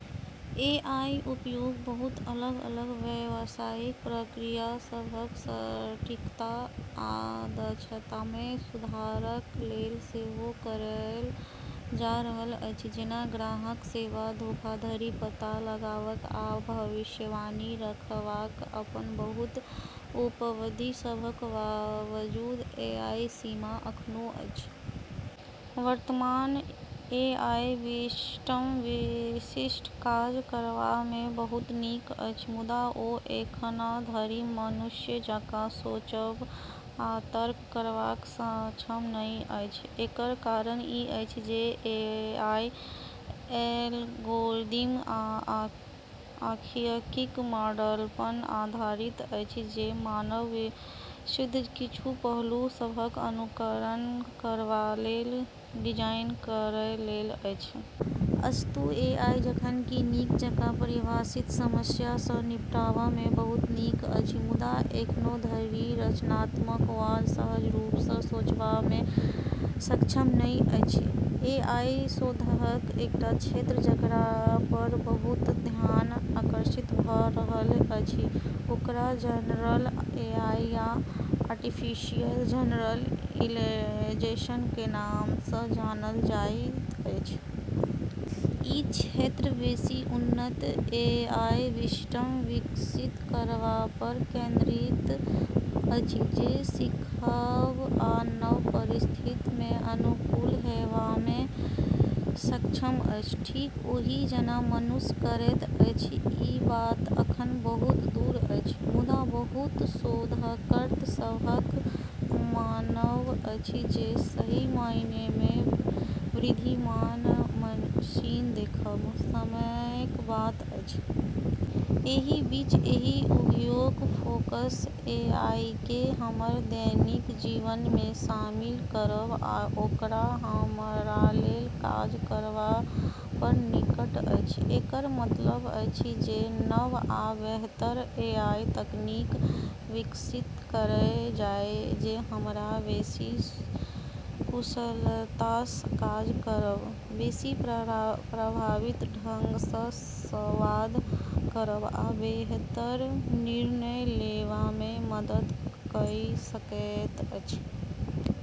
एआईक उपयोग बहुत अलग-अलग व्यवसायिक प्रक्रिया सभक सटीकता आ दक्षतामे सुधारक लेल सेहो कएल जा रहल अछि, जेना ग्राहक सेवा, धोखाधड़ीक पता लगाबएब, आ भविष्यवाणी रखरखाव। अपन बहुत उपलब्धि सभक बावजूद एआईक सीमा अखनो अछि। वर्तमान एआई सिस्टम विशिष्ट काज करबामे बहुत नीक अछि, मुदा ओ एखनधरि मानुष जकाँ सोचब आ तर्क करबामे सक्षम नहि अछि। एकर कारण ई अछि जे एआई एल्गोरिदम आ सांख्यिकीय मॉडलपर आधारित अछि जे मानव बुद्धिक किछु पहलू सभक अनुकरण करबालेल डिजाइन कएल गेल अछि। अस्तु, एआई जखन कि नीक जकाँ परिभाषित समस्या सँ निपटबामे बहुत नीक अछि, मुदा एखनधरि रचनात्मक वा सहज रूपसँ सोचबामे सक्षम नहि अछि। एआई शोधक एकटा क्षेत्र जेकरापर बहुत ध्यान आकर्षित भऽ रहल अछि, ओकरा "जनरल एआई" या "आर्टिफिशियल जनरल इंटेलिजेंस" क नामसँ जानल जाइत अछि। ई क्षेत्र बेसी उन्नत एआई सिस्टम विकसित करबपर केंद्रित अछि जे सीखब आ नव परिस्थिति मे अनुकूल हेबामे सक्षम अछि, ठीक ओहिना जेना मनुष्य करैत अछि। ई बात अखन बहुत दूर अछि, मुदा बहुत शोधकर्ता सभक मानब अछि जे सही मायनेमे बुद्धिमान मशीन देखब समयक बात अछि। एहि बीच एहि उद्योगक फोकस एआईकेँ हमर दैनिक जीवनमे शामिल करब आ ओकरा हमरालेल काज करबपर टिकल अछि। एकर मतलब अछि जे नव आ बेहतर एआई तकनीक विकसित कएल जाए जे हमरा बेसी कुशलतासँ काज करब, बेसी प्रभावी ढंगसँ संवाद करब आ बेहतर निर्णय लेबामे मदद कइ सकैत अछि।